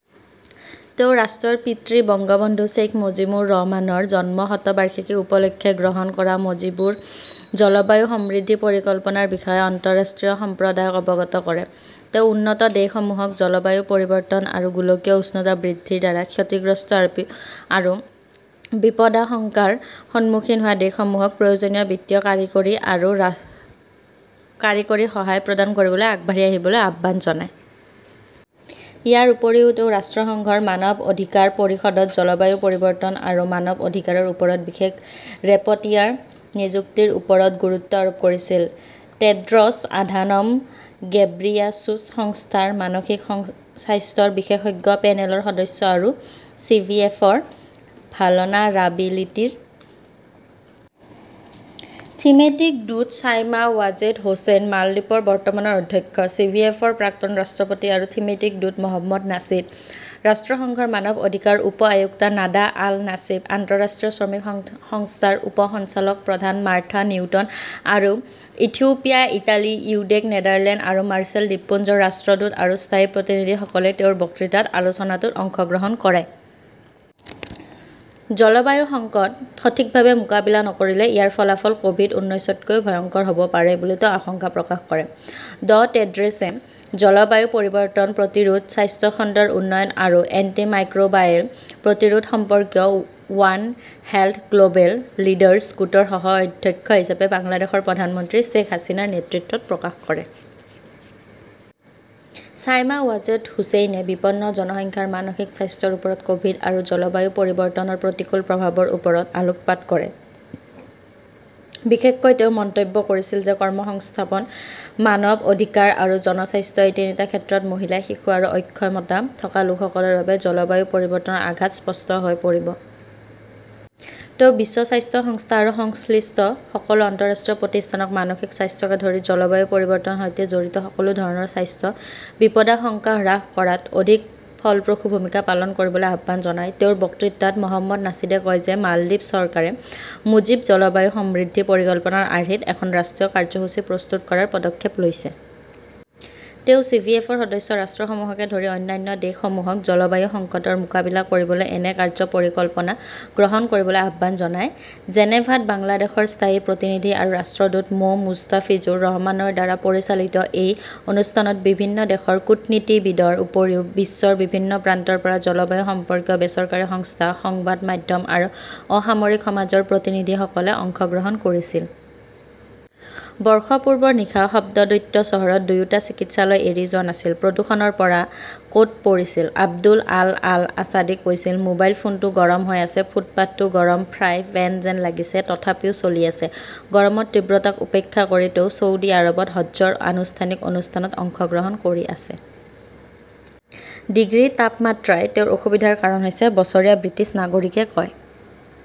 তেওঁ ৰাষ্ট্ৰৰ পিতৃ বঙ্গবন্ধু শ্বেইখ মুজিবুৰ ৰহমানৰ জন্মশতবাৰ্ষিকী উপলক্ষে গ্ৰহণ কৰা মুজিবুৰ জলবায়ু সমৃদ্ধি পৰিকল্পনাৰ বিষয়ে আন্তঃৰাষ্ট্ৰীয় সম্প্ৰদায়ক অৱগত কৰে। তেওঁ উন্নত দেশসমূহক জলবায়ু পৰিৱৰ্তন আৰু গোলকীয় উষ্ণতা বৃদ্ধিৰ দ্বাৰা ক্ষতিগ্ৰস্ত আৰু বিপদাশংকাৰ সন্মুখীন হোৱা দেশসমূহক প্ৰয়োজনীয় বিত্তীয়, কাৰিকৰী আৰু কাৰিকৰী সহায় প্ৰদান কৰিবলৈ আগবাঢ়ি আহিবলৈ আহ্বান জনায়। ইয়াৰ উপৰিও, তেওঁ ৰাষ্ট্ৰসংঘৰ মানৱ অধিকাৰ পৰিষদত জলবায়ু পৰিৱৰ্তন আৰু মানৱ অধিকাৰৰ ওপৰত বিশেষ ৰেপটিয়াৰ নিযুক্তিৰ ওপৰত গুৰুত্ব আৰোপ কৰিছিল। টেড্ৰছ আধানম গেব্ৰিয়াছুছ, সংস্থাৰ মানসিক স্বাস্থ্যৰ বিশেষজ্ঞ পেনেলৰ সদস্য আৰু চিভিএফৰ ভালনাৰাবিলিটি ৰ থিমেটিক দূত চাইমা ৱাজেদ হোসেন, মালদ্বীপৰ বৰ্তমানৰ অধ্যক্ষ, চিভিএফৰ প্ৰাক্তন ৰাষ্ট্ৰপতি আৰু থিমেটিক দূত মহম্মদ নাছিদ, ৰাষ্ট্ৰসংঘৰ মানৱ অধিকাৰ উপ আয়ুক্ত নাডা আল নাছিফ, আন্তঃৰাষ্ট্ৰীয় শ্ৰমিক সংস্থাৰ উপ সঞ্চালক প্ৰধান মাৰ্থা নিউটন, আৰু ইথিওপিয়া, ইটালী, ইউকে, নেদাৰলেণ্ড আৰু মাৰ্শ্বেল দ্বীপপুঞ্জৰ ৰাষ্ট্ৰদূত আৰু স্থায়ী প্ৰতিনিধিসকলে তেওঁৰ বক্তৃতাত আলোচনাটোত অংশগ্ৰহণ কৰে। জলবায়ু সংকট সঠিকভাৱে মোকাবিলা নকৰিলে ইয়াৰ ফলাফল ক'ভিড উনৈছতকৈও ভয়ংকৰ হ'ব পাৰে বুলি তেওঁ আশংকা প্ৰকাশ কৰে। ড. টেড্ৰছে জলবায়ু পৰিৱৰ্তন প্ৰতিৰোধ, স্বাস্থ্য খণ্ডৰ উন্নয়ন আৰু এন্টিমাইক্ৰ'বায়েল প্ৰতিৰোধ সম্পৰ্কীয় ৱান হেল্থ গ্ল'বেল লিডাৰ্ছ গোটৰ সহ অধ্যক্ষ হিচাপে বাংলাদেশৰ প্ৰধানমন্ত্ৰী শ্বেখ হাছিনাৰ নেতৃত্বৰ প্ৰশংসা কৰে। ছায়মা ৱাজেদ হুচেইনে বিপন্ন জনসংখ্যাৰ মানসিক স্বাস্থ্যৰ ওপৰত ক'ভিড আৰু জলবায়ু পৰিৱৰ্তনৰ প্ৰতিকূল প্ৰভাৱৰ ওপৰত আলোকপাত কৰে। বিশেষকৈ তেওঁ মন্তব্য কৰিছিল যে কৰ্মসংস্থাপন, মানৱ অধিকাৰ আৰু জনস্বাস্থ্য এই তিনিটা ক্ষেত্ৰত মহিলা, শিশু আৰু অক্ষমতা থকা লোকসকলৰ বাবে জলবায়ু পৰিৱৰ্তনৰ আঘাত স্পষ্ট হৈ পৰিব। তেওঁ বিশ্ব স্বাস্থ্য সংস্থা আৰু সংশ্লিষ্ট সকলো আন্তঃৰাষ্ট্ৰীয় প্ৰতিষ্ঠানক মানসিক স্বাস্থ্যকে ধৰি জলবায়ু পৰিৱৰ্তনৰ সৈতে জড়িত সকলো ধৰণৰ স্বাস্থ্য বিপদাশংকা হ্ৰাস কৰাত অধিক ফলপ্ৰসূ ভূমিকা পালন কৰিবলৈ আহ্বান জনায়। তেওঁৰ বক্তৃতাত মহম্মদ নাছিদে কয় যে মালদ্বীপ চৰকাৰে মুজীব জলবায়ু সমৃদ্ধি পৰিকল্পনাৰ আৰ্হিত এখন ৰাষ্ট্ৰীয় কাৰ্যসূচী প্ৰস্তুত কৰাৰ পদক্ষেপ লৈছে। তেওঁ চি ভি এফৰ সদস্য ৰাষ্ট্ৰসমূহকে ধৰি অন্যান্য দেশসমূহক জলবায়ু সংকটৰ মোকাবিলা কৰিবলৈ এনে কাৰ্য্য পৰিকল্পনা গ্ৰহণ কৰিবলৈ আহ্বান জনায়। জেনেভাত বাংলাদেশৰ স্থায়ী প্ৰতিনিধি আৰু ৰাষ্ট্ৰদূত মো. মুষ্টাফিজুৰ ৰহমানৰ দ্বাৰা পৰিচালিত এই অনুষ্ঠানত বিভিন্ন দেশৰ কূটনীতিবিদৰ উপৰিও বিশ্বৰ বিভিন্ন প্ৰান্তৰ পৰা জলবায়ু সম্পৰ্কীয় বেচৰকাৰী সংস্থা, সংবাদ মাধ্যম আৰু অসামৰিক সমাজৰ প্ৰতিনিধিসকলে অংশগ্ৰহণ কৰিছিল। বৰ্ষপূৰ্বৰ নিশা শব্দদৈত্য চহৰত, দুয়োটা চিকিৎসালয় এৰি যোৱা নাছিল, প্ৰদূষণৰ পাৰা ক'ত পৰিছিল? আব্দুল আল আল আসাদে কৈছিল, মোবাইল ফোনটো গৰম হৈ আছে, ফুটপাতটো গৰম ফ্ৰাই পেন যেন লাগিছে, তথাপিও চলি আছে। গৰমৰ তীব্ৰতাক উপেক্ষা কৰি তেওঁ ছৌদি আৰৱত হজ্জৰ আনুষ্ঠানিক অনুষ্ঠানত অংশগ্ৰহণ কৰি আছে। ডিগ্ৰী তাপমাত্ৰাই তেওঁৰ অসুবিধাৰ কাৰণ হৈছে, বছৰীয়া ব্ৰিটিছ নাগৰিকে কয়।